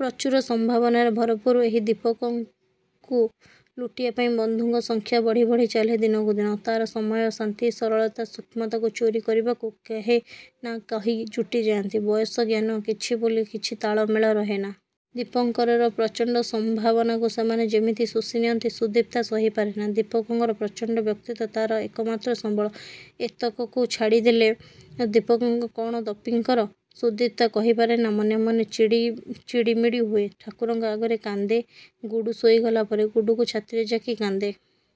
ପ୍ରଚୁର ସଂଭାବନାରେ ଭରପୁର ଏହି ଦୀପଙ୍କକୁ ଲୁଟିବା ପାଇଁ ବଂଧୁଙ୍କ ସଂଖ୍ୟା ବଢ଼ି ବଢ଼ି ଚାଲେ ଦିନକୁ ଦିନ। ତା'ର ସମୟ, ଶାନ୍ତି, ସରଳତା, ସୂକ୍ଷ୍ମତାକୁ ଚୋରି କରିବାକୁ କେହ ନା କହି ଯୁଟିଯାନ୍ତି। ବୟସ, ଜ୍ଞାନ କିଛି ବୋଲି କିଛି ତାଳ ମେଳ ରହେନା। ଦୀପଙ୍କରର ପ୍ରଚଣ୍ଡ ସଂଭାବନାକୁ ସେମାନେ ଯେମିତି ଶୋଷି ନିଅନ୍ତି। ସୁଦିପ୍ତା ସହିପାରେନି। ଦୀପଙ୍କରର ପ୍ରଚଣ୍ଡ ବ୍ୟକ୍ତିତ୍ୱ ଓ ତା'ର ଏକମାତ୍ର ସମ୍ବଳ। ଏତକକୁ ଛାଡ଼ିଦେଲେ ଦୀପଙ୍କର କ'ଣ ଦପୀଙ୍କର! ସୁଦିପ୍ତା କହିପାରେନି, ମନେ ଚିଡ଼ିମିଡ଼ି ହୁଏ। ଠାକୁରଙ୍କ ଆଗରେ କାନ୍ଦେ ଗୁଡୁ ଶୋଇଗଲାପରେ। ଗୁଡୁକୁ ଛାତିରେ ଜାକି କାନ୍ଦେ।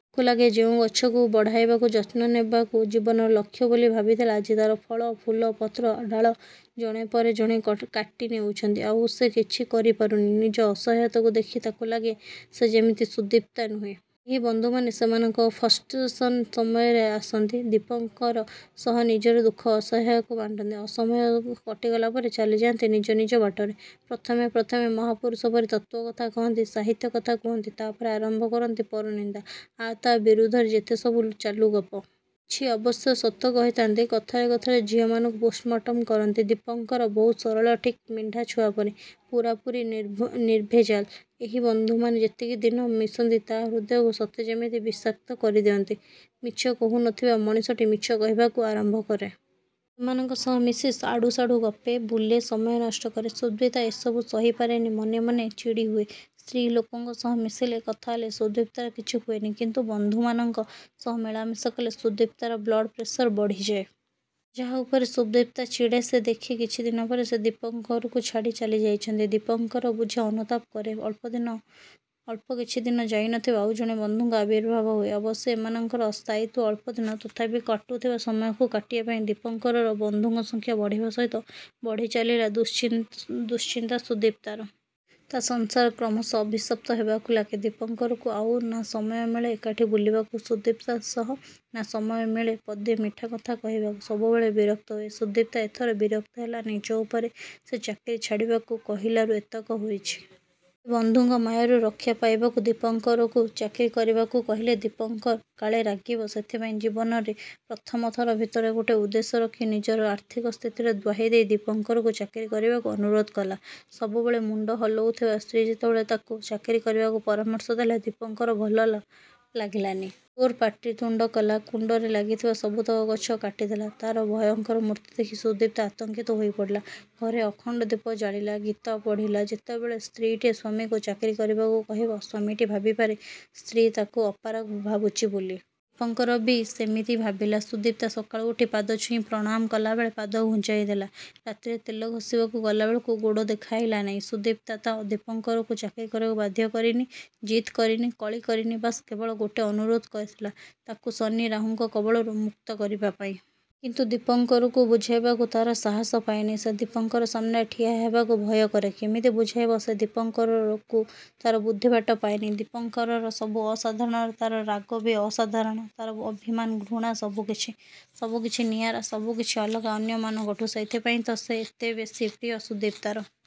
ତାକୁ ଲାଗେ ଯେଉଁ ଗଛକୁ ବଢ଼ାଇବାକୁ ଯତ୍ନ ନେବାକୁ ଜୀବନର ଲକ୍ଷ୍ୟ ବୋଲି ଭାବିଥିଲା ଆଜି ତା'ର ଫଳ, ଫୁଲ, ପତ୍ର, ଡାଳ, ଜଣେ ପରେ ଜଣେ କାଟି ନେଇଯାଉଛନ୍ତି। ଆଉ ସେ କିଛି କରିପାରୁନି। ନିଜ ଅସହାୟତାକୁ ଦେଖି ତାକୁ ଲାଗେ ସେ ଯେମିତି ସୁଦିପ୍ତା ନୁହେଁ...। ସେହି ବଂଧୁମାନେ ସେମାନଙ୍କ ଫଷ୍ଟେସନ ସମୟରେ ଆସନ୍ତି। ଦିପଙ୍କର ସହ ନିଜର ଦୁଃଖ ଅସହାୟତାକୁ ବାଣ୍ଟନ୍ତି।। ଅସମୟ କଟିଗଲାପରେ ଚାଲିଯାନ୍ତି ନିଜ ନିଜ ବାଟରେ। ପ୍ରଥମେ ପ୍ରଥମେ ମହାପୁରୁଷ ପରି ତତ୍ତ୍ୱକଥା କହନ୍ତି, ସାହିତ୍ୟ କଥା କହନ୍ତି, ତା'ପରେ ଆରମ୍ଭ କରନ୍ତି ପରନିନ୍ଦା, ଆ' ତା' ବିରୁଦ୍ଧରେ ଯେତେସବୁ ଚାଲୁଗପ। କିଛି ଅବଶ୍ୟ ସତ କହିଥାନ୍ତି। କଥାରେ କଥାରେ ଝିଅମାନଙ୍କୁ ପୋଷ୍ଟମର୍ଟମ କରନ୍ତି। ଦୀପଙ୍କର ବହୁତ ସରଳ ଠିକ୍ ମେଣ୍ଢା ଛୁଆପରି। ପୁରାପୁରି ନିର୍ଭେଜାଲ। ଏହି ବଂଧୁମାନେ ଯେତିକି ଦିନ ମିଶନ୍ତି ତା' ହୃଦୟକୁ ସତେ ଯେମିତି ବିଷକ୍ତ କରିଦିଅନ୍ତି-। ମିଛ କହୁନଥିବା ମଣିଷଟି ମିଛ କହିବାକୁ ଆରମ୍ଭ କରେ। ସେମାନଙ୍କ ସହ ମିଶି ଆଡ଼ୁସାଡ଼ୁ ଗପେ, ବୁଲେ, ସମୟ ନଷ୍ଟ କରେ। ସୁଦିପ୍ତା ଏସବୁ ସହିପାରେନି ମନେ ମନେ ଚିଡ଼ି ହୁଏ। ସ୍ତ୍ରୀ ଲୋକଙ୍କ ସହ ମିଶିଲେ, କଥାହେଲେ ସୁଦିପ୍ତାର କିଛି ହୁଏନି କିନ୍ତୁ ଏ ବଂଧୁମାନଙ୍କ ସହ ମିଳାମିଶା କଲେ ସୁଦିପ୍ତାର ବ୍ଲଡ଼ ପ୍ରେସର ବଢ଼ିଯାଏ। ଯାହା ଉପରେ ସୁଦିପ୍ତା ଚିଡ଼େ ସେ ଦେଖେ କିଛି ଦିନପରେ ସେ ଦୀପଙ୍କରକୁ ଛାଡ଼ି ଚାଲିଯାଇଛନ୍ତି। ଦୀପଙ୍କର ବୁଝେ ଅନୁତାପ କରେ। ଅଳ୍ପ କିଛିଦିନ ଯାଇନଥିବ ଆଉଜଣେ ବଂଧୁଙ୍କ ଆବିର୍ଭାବ ହୁଏ। ଅବଶ୍ୟ ଏମାନଙ୍କର ସ୍ଥାୟିତ୍ୱ ଅଳ୍ପଦିନ। ତଥାପି କଟୁଥିବା ସମୟକୁ କାଟିବା ପାଇଁ। ଦୀପଙ୍କରର ବଂଧୁଙ୍କ ସଂଖ୍ୟା ବଢ଼ିବା ସହିତ ବଢ଼ିଚାଲିଲା ଦୁଶ୍ଚିନ୍ତା ସୁଦିପ୍ତାର। ତା' ସଂସାର କ୍ରମଶଃ ଅଭିଶପ୍ତ ହେବାକୁ ଲାଗେ। ଦିପଙ୍କରକୁ ଆଉ ନା ସମୟ ମିଳେ ଏକାଠି ବୁଲିବାକୁ ସୁଦିପ୍ତା ସହ, ନା ସମୟ ମଳେ ପଦେ ମିଠା କଥା କହିବାକୁ। ସବୁବେଳେ ବିରକ୍ତ ହୁଏ। ସୁଦିପ୍ତା ଏଥର ବିରକ୍ତ ହେଲା ନିଜ ଉପରେ ସେ ଚାକିରି ଛାଡ଼ିବାକୁ କହିଲାରୁ ଏତକ ହୋଇଛି। ଏ ବଂଧୁଙ୍କ ମାୟାରୁ ରକ୍ଷା ପାଇବାକୁ ଦୀପଙ୍କରକୁ ଚାକିରୀ କରିବାକୁ କହିଲେ ଦୀପଙ୍କର କାଳେ ରାଗିବେ। ସେଥିପାଇଁ ଜୀବନରେ ପ୍ରଥମ ଥର ଭିତରେ ଗୋଟେ ଉଦ୍ଦେଶ୍ୟ ରଖି ନିଜର ଆର୍ଥିକ ସ୍ଥିତିର ଦ୍ୱାହିଦେଇ ଦୀପଙ୍କରକୁ ଚାକିରୀ କରିବାକୁ ଅନୁରୋଧ କଲା। ସବୁବେଳେ ମୁଣ୍ଡ ହଲଉଥିବା ସ୍ତ୍ରୀ ଯେତେବେଳେ ତାକୁ ଚାକିରୀ କରିବାକୁ ପରାମର୍ଶ ଦେଲା ଦୀପଙ୍କର ଭଲ ଲାଗିଲାନି। ଜୋର ପାଟିତୁଣ୍ଡ କଲା। କୁଣ୍ଡରେ ଲାଗିଥିବା ସବୁତକ ଗଛ କାଟି ଦେଲା। ତା'ର ଭୟଙ୍କର ମୂର୍ତ୍ତି ଦେଖି ସୁଦିପ୍ତା ଆତଙ୍କିତ ହୋଇପଡ଼ିଲା। ଘରେ ଅଖଣ୍ଡ ଦୀପ ଜାଳିଲା, ଗୀତା ପଢ଼ିଲା। ଯେତେବେଳେ ସ୍ତ୍ରୀଟିଏ ସ୍ୱାମୀକୁ ଚାକିରି କରିବାକୁ କହିବ, ସ୍ୱାମୀଟି ଭାବିପାରେ ସ୍ତ୍ରୀ ତାକୁ ଅପାରଗ ଭାବୁଛି ବୋଲି! ଦୀପଙ୍କର ବି ସେମିତି ଭାଗିଲା। ସୁଦିପ୍ତା ସକାଳୁ ଉଠି ପାଦଛୁଇଁ ପ୍ରଣାମ କଲାବେଳେ ପାଦ ଘୁଞ୍ଚାଇ ଦେଲା। ରାତିରେ ତେଲ ଘଷିବାକୁ ଗଲାବେଳକୁ ଗୋଡ଼ ଦେଖାଇଲାନି। ସୁଦିପ୍ତା ତ ଦୀପଙ୍କରକୁ ଚାକିରି କରିବାକୁ ବାଧ୍ୟ କରିନି, ଜିଦ୍ କରିନି, କଳି କରିନି, ବାସ୍ କେବଳ ଗୋଟେ ଅନୁରୋଧ କରିଥିଲା ତାକୁ ଶନି, ରାହୁଙ୍କ କବଳରୁ ମୁକ୍ତ କରିବା ପାଇଁ। କିନ୍ତୁ ଦୀପଙ୍କରକୁ ବୁଝାଇବାକୁ ତା'ର ସାହସ ପାଏନି। ସେ ଦୀପଙ୍କର ସାମ୍ନାରେ ଠିଆ ହେବାକୁ ଭୟ କରେ। କେମିତି ବୁଝାଇବ ସେ ଦୀପଙ୍କରକୁ ତା'ର ବୁଦ୍ଧିବାଟ ପାଏନି। ଦୀପଙ୍କରର ସବୁ ଅସାଧାରଣ ତା'ର ରାଗ ବି ଅସାଧାରଣ ତା'ର ଅଭିମାନ, ଘୃଣା ସବୁକିଛି। ସବୁକିଛି ନିଆରା ସବୁକିଛି ଅଲଗା ଅନ୍ୟମାନଙ୍କଠୁଁ ସେଇଥିପାଇଁ ତ ସେ ଏତେବେଶୀ ପ୍ରିୟ ସୁଦିପ୍ତାର।